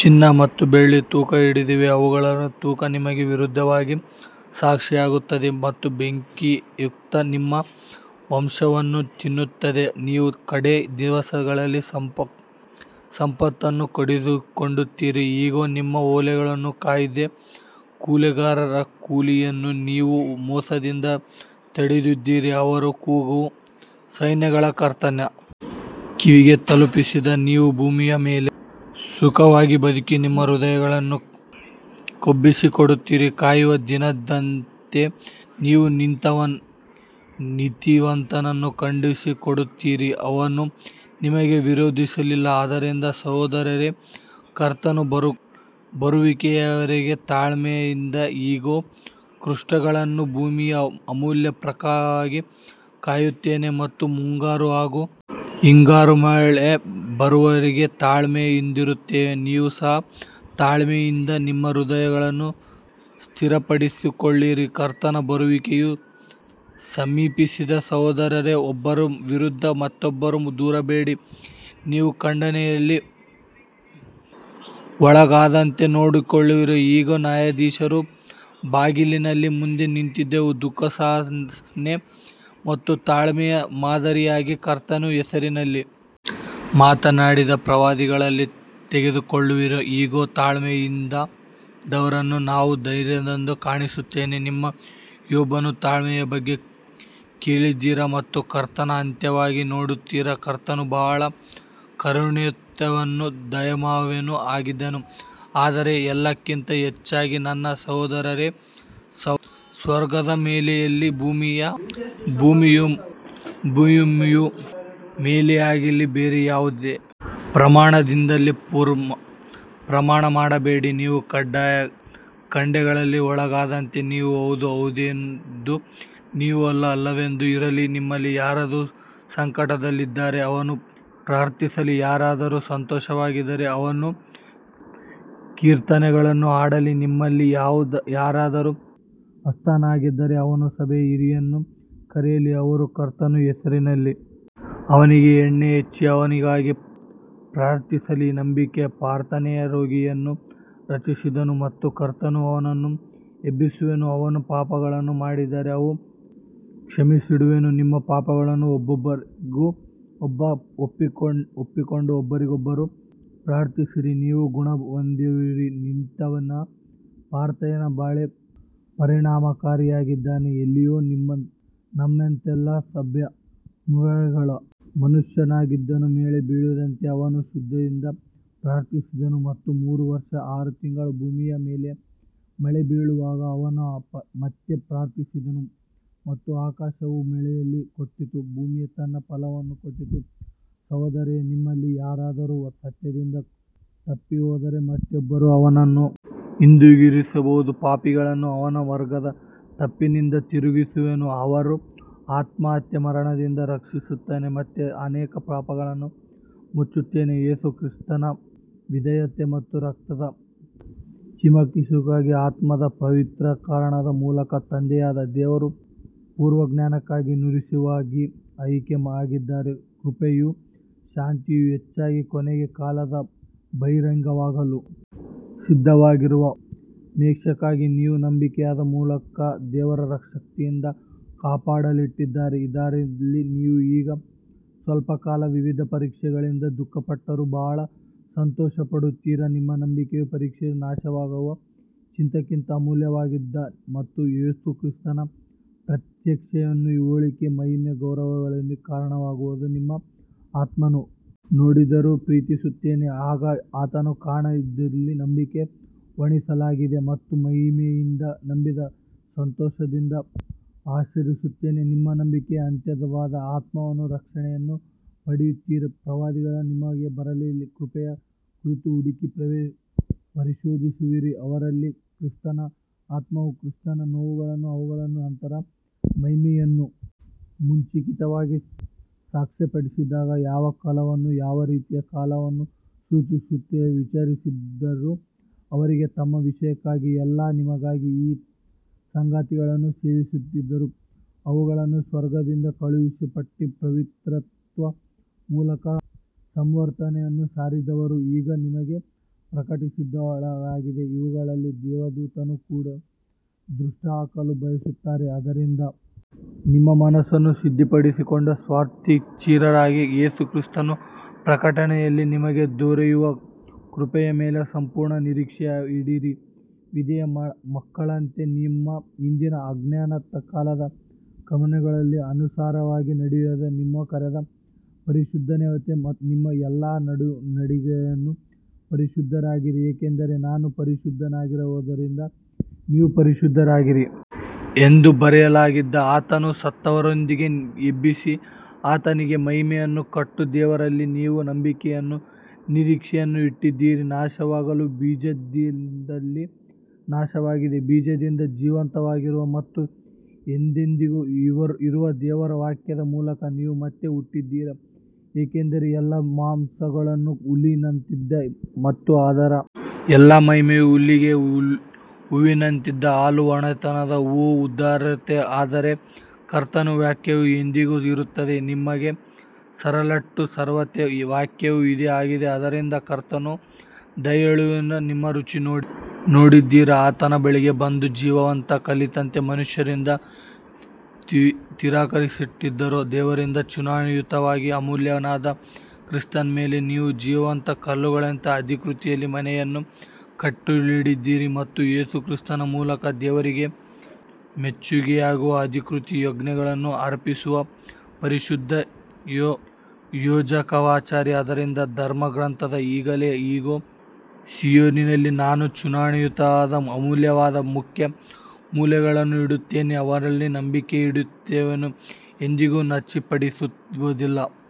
ಚಿನ್ನ ಮತ್ತು ಬೆಳ್ಳಿ ತುಕ್ಕು ಹಿಡಿದಿವೆ ಅವುಗಳ ತುಕ್ಕು ನಿಮಗೆ ವಿರುದ್ಧವಾಗಿ ಸಾಕ್ಷಿಯಾಗುತ್ತದೆ ಮತ್ತು ಬೆಂಕಿಯಂತೆ ನಿಮ್ಮ ಮಾಂಸವನ್ನು ತಿನ್ನುತ್ತದೆ ನೀವು ಕಡೇ ದಿವಸಗಳಲ್ಲಿ ಸಂಪತ್ತನ್ನು ಕೂಡಿಸಿಕೊಂಡಿದ್ದೀರಿ ಇಗೋ ನಿಮ್ಮ ಹೊಲಗಳನ್ನು ಕೊಯ್ದ ಕೂಲಿಕಾರರ ಕೂಲಿಯನ್ನು ನೀವು ಮೋಸದಿಂದ ತಡೆದಿದ್ದೀರಿ ಅವರ ಕೂಗು ಸೈನ್ಯಗಳ ಕರ್ತನ ಕಿವಿಗೆ ತಲುಪಿದೆ ನೀವು ಭೂಮಿಯ ಮೇಲೆ ಸುಖವಾಗಿ ಬದುಕಿ ನಿಮ್ಮ ಹೃದಯಗಳನ್ನು ಕೊಬ್ಬಿಸಿಕೊಂಡಿದ್ದೀರಿ ಕೊಯ್ಯುವ ದಿನದಂತೆ ನೀವು ನೀತಿವಂತನನ್ನು ಖಂಡಿಸಿ ಕೊಂದಿದ್ದೀರಿ ಅವನು ನಿಮಗೆ ವಿರೋಧಿಸಲಿಲ್ಲ ಆದ್ದರಿಂದ ಸಹೋದರರೇ ಕರ್ತನ ಬರುವಿಕೆಯವರೆಗೆ ತಾಳ್ಮೆಯಿಂದಿರಿ ಇಗೋ ಕೃಷಿಕನು ಭೂಮಿಯ ಅಮೂಲ್ಯ ಫಲಕ್ಕಾಗಿ ಕಾಯುತ್ತಾನೆ ಮತ್ತು ಮುಂಗಾರು ಹಾಗೂ ಹಿಂಗಾರು ಮಳೆ ಬರುವವರೆಗೆ ತಾಳ್ಮೆಯಿಂದಿರುತ್ತಾನೆ ನೀವು ಸಹ ತಾಳ್ಮೆಯಿಂದಿರಿ ನಿಮ್ಮ ಹೃದಯಗಳನ್ನು ಸ್ಥಿರಪಡಿಸಿಕೊಳ್ಳಿರಿ ಕರ್ತನ ಬರುವಿಕೆಯು ಸಮೀಪಿಸಿದೆ ಸಹೋದರರೇ ಒಬ್ಬರ ವಿರುದ್ಧ ಮತ್ತೊಬ್ಬರು ದೂರುಬೇಡಿ ನೀವು ಖಂಡನೆಗೆ ಒಳಗಾಗದಂತೆ ನೋಡಿಕೊಳ್ಳಿರಿ ಇಗೋ ನ್ಯಾಯಾಧೀಶನು ಬಾಗಿಲಿನ ಮುಂದೆ ನಿಂತಿದ್ದಾನೆ ದುಃಖಸಹನೆಯ ಮತ್ತು ತಾಳ್ಮೆಯ ಮಾದರಿಯಾಗಿ ಕರ್ತನ ಹೆಸರಿನಲ್ಲಿ ಮಾತನಾಡಿದ ಪ್ರವಾದಿಗಳನ್ನು ತೆಗೆದುಕೊಳ್ಳಿರಿ ಇಗೋ ತಾಳ್ಮೆಯಿಂದಿದ್ದವರನ್ನು ನಾವು ಧನ್ಯರೆಂದು ಎಣಿಸುತ್ತೇವೆ ನೀವು ಯೋಬನ ತಾಳ್ಮೆಯ ಬಗ್ಗೆ ಕೇಳಿದ್ದೀರಿ ಮತ್ತು ಕರ್ತನ ಅಂತ್ಯವನ್ನು ನೋಡಿದ್ದೀರಿ ಕರ್ತನು ಬಹಳ ಕರುಣೆಯುಳ್ಳವನೂ ದಯಾಮಯನೂ ಆಗಿದ್ದಾನೆ ಆದರೆ ಎಲ್ಲಕ್ಕಿಂತ ಹೆಚ್ಚಾಗಿ ನನ್ನ ಸಹೋದರರೇ ಸ್ವರ್ಗದ ಮೇಲೆಯಾಗಲಿ ಭೂಮಿಯ ಮೇಲೆಯಾಗಲಿ ಬೇರೆ ಯಾವುದೇ ಪ್ರಮಾಣದಿಂದಾಗಲಿ ಪ್ರಮಾಣ ಮಾಡಬೇಡಿ ನೀವು ಖಂಡನೆಗೆ ಒಳಗಾಗದಂತೆ ನಿಮ್ಮ ಹೌದು ಹೌದೆಂದೂ ನಿಮ್ಮ ಅಲ್ಲ ಅಲ್ಲವೆಂದೂ ಇರಲಿ ನಿಮ್ಮಲ್ಲಿ ಯಾರಾದರೂ ಸಂಕಟದಲ್ಲಿದ್ದರೆ ಅವನು ಪ್ರಾರ್ಥಿಸಲಿ ಯಾರಾದರೂ ಸಂತೋಷವಾಗಿದ್ದರೆ ಅವನು ಕೀರ್ತನೆಗಳನ್ನು ಹಾಡಲಿ ನಿಮ್ಮಲ್ಲಿ ಯಾರಾದರೂ ಅಸ್ವಸ್ಥನಾಗಿದ್ದರೆ ಅವನು ಸಭೆಯ ಹಿರಿಯರನ್ನು ಕರೆಯಲಿ ಅವರು ಕರ್ತನ ಹೆಸರಿನಲ್ಲಿ ಅವನಿಗೆ ಎಣ್ಣೆ ಹಚ್ಚಿ ಅವನಿಗಾಗಿ ಪ್ರಾರ್ಥಿಸಲಿ ನಂಬಿಕೆಯ ಪ್ರಾರ್ಥನೆಯು ರೋಗಿಯನ್ನು ರಕ್ಷಿಸುತ್ತದೆ ಮತ್ತು ಕರ್ತನು ಅವನನ್ನು ಎಬ್ಬಿಸುವನು ಅವನು ಪಾಪಗಳನ್ನು ಮಾಡಿದ್ದರೆ ಅವು ಕ್ಷಮಿಸಲ್ಪಡುವವು ನಿಮ್ಮ ಪಾಪಗಳನ್ನು ಒಬ್ಬರಿಗೊಬ್ಬರು ಒಪ್ಪಿಕೊಂಡು ಒಬ್ಬರಿಗೊಬ್ಬರು ಪ್ರಾರ್ಥಿಸಿರಿ ನೀವು ಗುಣಹೊಂದುವಿರಿ ನೀತಿವಂತನ ಪ್ರಾರ್ಥನೆಯು ಬಹಳ ಪರಿಣಾಮಕಾರಿಯಾಗಿದೆ ಎಲೀಯನು ನಮ್ಮಂತೆಯೇ ಸ್ವಭಾವವುಳ್ಳ ಮನುಷ್ಯನಾಗಿದ್ದನು ಮಳೆ ಬೀಳದಂತೆ ಅವನು ಶ್ರದ್ಧೆಯಿಂದ ಪ್ರಾರ್ಥಿಸಿದನು ಮತ್ತು ಮೂರು ವರ್ಷ ಆರು ತಿಂಗಳು ಭೂಮಿಯ ಮೇಲೆ ಮಳೆ ಬೀಳಲಿಲ್ಲ ಅವನು ಮತ್ತೆ ಪ್ರಾರ್ಥಿಸಿದನು ಮತ್ತು ಆಕಾಶವು ಮಳೆಯನ್ನು ಕೊಟ್ಟಿತು ಭೂಮಿಯು ತನ್ನ ಫಲವನ್ನು ಕೊಟ್ಟಿತು ಸಹೋದರರೇ ನಿಮ್ಮಲ್ಲಿ ಯಾರಾದರೂ ಸತ್ಯದಿಂದ ತಪ್ಪಿಹೋದರೆ ಮತ್ತೊಬ್ಬನು ಅವನನ್ನು ಹಿಂದಿರುಗಿಸಿದರೆ ಪಾಪಿಯನ್ನು ಅವನ ಮಾರ್ಗದ ತಪ್ಪಿನಿಂದ ತಿರುಗಿಸುವವನು ಅವನ ಆತ್ಮವನ್ನು ಮರಣದಿಂದ ರಕ್ಷಿಸುತ್ತಾನೆ ಮತ್ತು ಅನೇಕ ಪಾಪಗಳನ್ನು ಮುಚ್ಚುತ್ತಾನೆ ಯೇಸು ಕ್ರಿಸ್ತನ ವಿಧೇಯತೆ ಮತ್ತು ರಕ್ತದ ಚಿಮುಕಿಸುವಿಕೆಗಾಗಿ ಆತ್ಮದ ಪವಿತ್ರೀಕರಣದ ಮೂಲಕ ತಂದೆಯಾದ ದೇವರ ಪೂರ್ವಜ್ಞಾನಕ್ಕನುಸಾರವಾಗಿ ಆಯ್ಕೆಯಾದವರಿಗೆ ಕೃಪೆಯೂ ಶಾಂತಿಯೂ ಹೆಚ್ಚಾಗಲಿ ಕೊನೆಯ ಕಾಲದಲ್ಲಿ ಬಹಿರಂಗವಾಗಲು ಸಿದ್ಧವಾಗಿರುವ ಮೋಕ್ಷಕ್ಕಾಗಿ ನೀವು ನಂಬಿಕೆಯ ಮೂಲಕ ದೇವರ ಶಕ್ತಿಯಿಂದ ಕಾಪಾಡಲ್ಪಟ್ಟಿದ್ದೀರಿ ಇದರಲ್ಲಿ ನೀವು ಈಗ ಸ್ವಲ್ಪಕಾಲ ವಿವಿಧ ಪರೀಕ್ಷೆಗಳಿಂದ ದುಃಖಪಟ್ಟರೂ ಬಹಳ ಸಂತೋಷಪಡುತ್ತೀರಿ ನಿಮ್ಮ ನಂಬಿಕೆಯ ಪರೀಕ್ಷೆಯು ನಾಶವಾಗುವ ಚಿನ್ನಕ್ಕಿಂತ ಅಮೂಲ್ಯವಾಗಿದೆ ಮತ್ತು ಯೇಸು ಕ್ರಿಸ್ತನ ಪ್ರತ್ಯಕ್ಷತೆಯಲ್ಲಿ ಹೊಗಳಿಕೆ ಮಹಿಮೆ ಗೌರವಗಳಿಗೆ ಕಾರಣವಾಗುವುದು ನೀವು ಆತನನ್ನು ನೋಡದಿದ್ದರೂ ಪ್ರೀತಿಸುತ್ತೀರಿ ಈಗ ಆತನನ್ನು ಕಾಣದಿದ್ದರೂ ನಂಬಿ ವರ್ಣಿಸಲಾರದ ಮತ್ತು ಮಹಿಮೆಯಿಂದ ತುಂಬಿದ ಸಂತೋಷದಿಂದ ಹರ್ಷಿಸುತ್ತೀರಿ ನಿಮ್ಮ ನಂಬಿಕೆಯ ಅಂತ್ಯವಾದ ಆತ್ಮಗಳ ರಕ್ಷಣೆಯನ್ನು ಪಡೆಯುತ್ತೀರಿ ಪ್ರವಾದಿಗಳು ನಿಮಗೆ ಬರಲಿರುವ ಕೃಪೆಯ ಕುರಿತು ಹುಡುಕಿ ಪರಿಶೋಧಿಸಿದರು ಅವರಲ್ಲಿದ್ದ ಕ್ರಿಸ್ತನ ಆತ್ಮವು ಕ್ರಿಸ್ತನ ನೋವುಗಳನ್ನೂ ಅವುಗಳ ನಂತರದ ಮಹಿಮೆಯನ್ನೂ ಮುಂಚಿತವಾಗಿ ಸಾಕ್ಷ್ಯಪಡಿಸಿದಾಗ ಯಾವ ಕಾಲವನ್ನೂ ಯಾವ ರೀತಿಯ ಕಾಲವನ್ನೂ ಸೂಚಿಸುತ್ತಿತ್ತೆಂದು ವಿಚಾರಿಸಿದರು ಅವರಿಗೆ ತಮ್ಮ ವಿಷಯಕ್ಕಾಗಿ ಅಲ್ಲ ನಿಮಗಾಗಿ ಈ ಸಂಗತಿಗಳನ್ನು ಸೇವಿಸುತ್ತಿದ್ದರು ಅವುಗಳನ್ನು ಸ್ವರ್ಗದಿಂದ ಕಳುಹಿಸಲ್ಪಟ್ಟ ಪವಿತ್ರಾತ್ಮನ ಮೂಲಕ ಸುವಾರ್ತೆಯನ್ನು ಸಾರಿದವರು ಈಗ ನಿಮಗೆ ಪ್ರಕಟಿಸಿದವುಗಳಾಗಿವೆ ಇವುಗಳಲ್ಲಿ ದೇವದೂತರು ಕೂಡ ದೃಷ್ಟಿಹಾಕಲು ಬಯಸುತ್ತಾರೆ ಆದ್ದರಿಂದ ನಿಮ್ಮ ಮನಸ್ಸನ್ನು ಸಿದ್ಧಪಡಿಸಿಕೊಂಡು ಸ್ವಸ್ಥಚಿತ್ತರಾಗಿರಿ ಯೇಸು ಕ್ರಿಸ್ತನ ಪ್ರಕಟಣೆಯಲ್ಲಿ ನಿಮಗೆ ದೊರೆಯುವ ಕೃಪೆಯ ಮೇಲೆ ಸಂಪೂರ್ಣ ನಿರೀಕ್ಷೆಯಿಡಿರಿ ವಿಧೇಯ ಮಕ್ಕಳಂತೆ ನಿಮ್ಮ ಹಿಂದಿನ ಅಜ್ಞಾನಕಾಲದ ಕಾಮನೆಗಳಿಗೆ ಅನುಸಾರವಾಗಿ ನಡೆಯದೆ ನಿಮ್ಮನ್ನು ಕರೆದ ಪರಿಶುದ್ಧನಂತೆ ನಿಮ್ಮ ಎಲ್ಲಾ ನಡೆನುಡಿಗಳಲ್ಲಿಯೂ ಪರಿಶುದ್ಧರಾಗಿರಿ ಯಾಕಂದರೆ ನಾನು ಪರಿಶುದ್ಧನಾಗಿರುವುದರಿಂದ ನೀವು ಪರಿಶುದ್ಧರಾಗಿರಿ ಎಂದು ಬರೆಯಲಾಗಿದೆ ಆತನನ್ನು ಸತ್ತವರೊಳಗಿಂದ ಎಬ್ಬಿಸಿ ಆತನಿಗೆ ಮಹಿಮೆಯನ್ನು ಕೊಟ್ಟ ದೇವರಲ್ಲಿ ನೀವು ನಂಬಿಕೆಯನ್ನೂ ನಿರೀಕ್ಷೆಯನ್ನೂ ಇಟ್ಟಿದ್ದೀರಿ ನಾಶವಾಗುವ ಬೀಜದಿಂದಲ್ಲ ನಾಶವಾಗದ ಬೀಜದಿಂದ ಜೀವಂತವಾಗಿರುವ ಮತ್ತು ಎಂದೆಂದಿಗೂ ಇರುವ ದೇವರ ವಾಕ್ಯದ ಮೂಲಕ ನೀವು ಮತ್ತೆ ಹುಟ್ಟಿದ್ದೀರಿ ಯಾಕಂದರೆ ಎಲ್ಲಾ ಮಾಂಸವೂ ಹುಲ್ಲಿನಂತಿದೆ ಮತ್ತು ಅದರ ಎಲ್ಲಾ ಮಹಿಮೆಯೂ ಹುಲ್ಲಿನ ಹೂವಿನಂತಿದೆ ಹುಲ್ಲು ಒಣಗುತ್ತದೆ ಹೂವು ಉದುರುತ್ತದೆ ಆದರೆ ಕರ್ತನ ವಾಕ್ಯವು ಎಂದೆಂದಿಗೂ ಇರುತ್ತದೆ ನಿಮಗೆ ಸಾರಲ್ಪಟ್ಟ ಸುವಾರ್ತೆಯ ವಾಕ್ಯವೂ ಇದೇ ಆಗಿದೆ ಆದ್ದರಿಂದ ಕರ್ತನು ದಯೆಯುಳ್ಳವನೆಂದು ನೀವು ರುಚಿ ನೋಡಿದ್ದರೆ ಆತನ ಬಳಿಗೆ ಬಂದು ಜೀವಂತ ಕಲ್ಲಿನಂತೆ ಮನುಷ್ಯರಿಂದ ತಿರಸ್ಕರಿಸಲ್ಪಟ್ಟರೂ ದೇವರಿಂದ ಚುನಾಯಿತನಾಗಿ ಅಮೂಲ್ಯನಾದ ಕ್ರಿಸ್ತನ ಮೇಲೆ ನೀವೂ ಜೀವಂತ ಕಲ್ಲುಗಳಂತೆ ಆಧ್ಯಾತ್ಮಿಕ ಮನೆಯನ್ನು ಕಟ್ಟಲ್ಪಡಿರಿ ಮತ್ತು ಯೇಸು ಕ್ರಿಸ್ತನ ಮೂಲಕ ದೇವರಿಗೆ ಮೆಚ್ಚುಗೆಯಾಗುವ ಆಧ್ಯಾತ್ಮಿಕ ಯಜ್ಞಗಳನ್ನು ಅರ್ಪಿಸುವ ಪರಿಶುದ್ಧ ಯಾಜಕತ್ವವಾಗಿರಿ ಆದ್ದರಿಂದ ಧರ್ಮಗ್ರಂಥದಲ್ಲಿ ಹೀಗಿದೆ ಇಗೋ ಸೀಯೋನಿನಲ್ಲಿ ನಾನು ಚುನಾಯಿತನಾದ ಅಮೂಲ್ಯವಾದ ಮುಖ್ಯ ಮೂಲೆಗಲ್ಲನ್ನು ಇಡುತ್ತೇನೆ ಅವನಲ್ಲಿ ನಂಬಿಕೆಯಿಡುವವನು ಎಂದಿಗೂ ನಾಚಿಕೆಪಡುವುದಿಲ್ಲ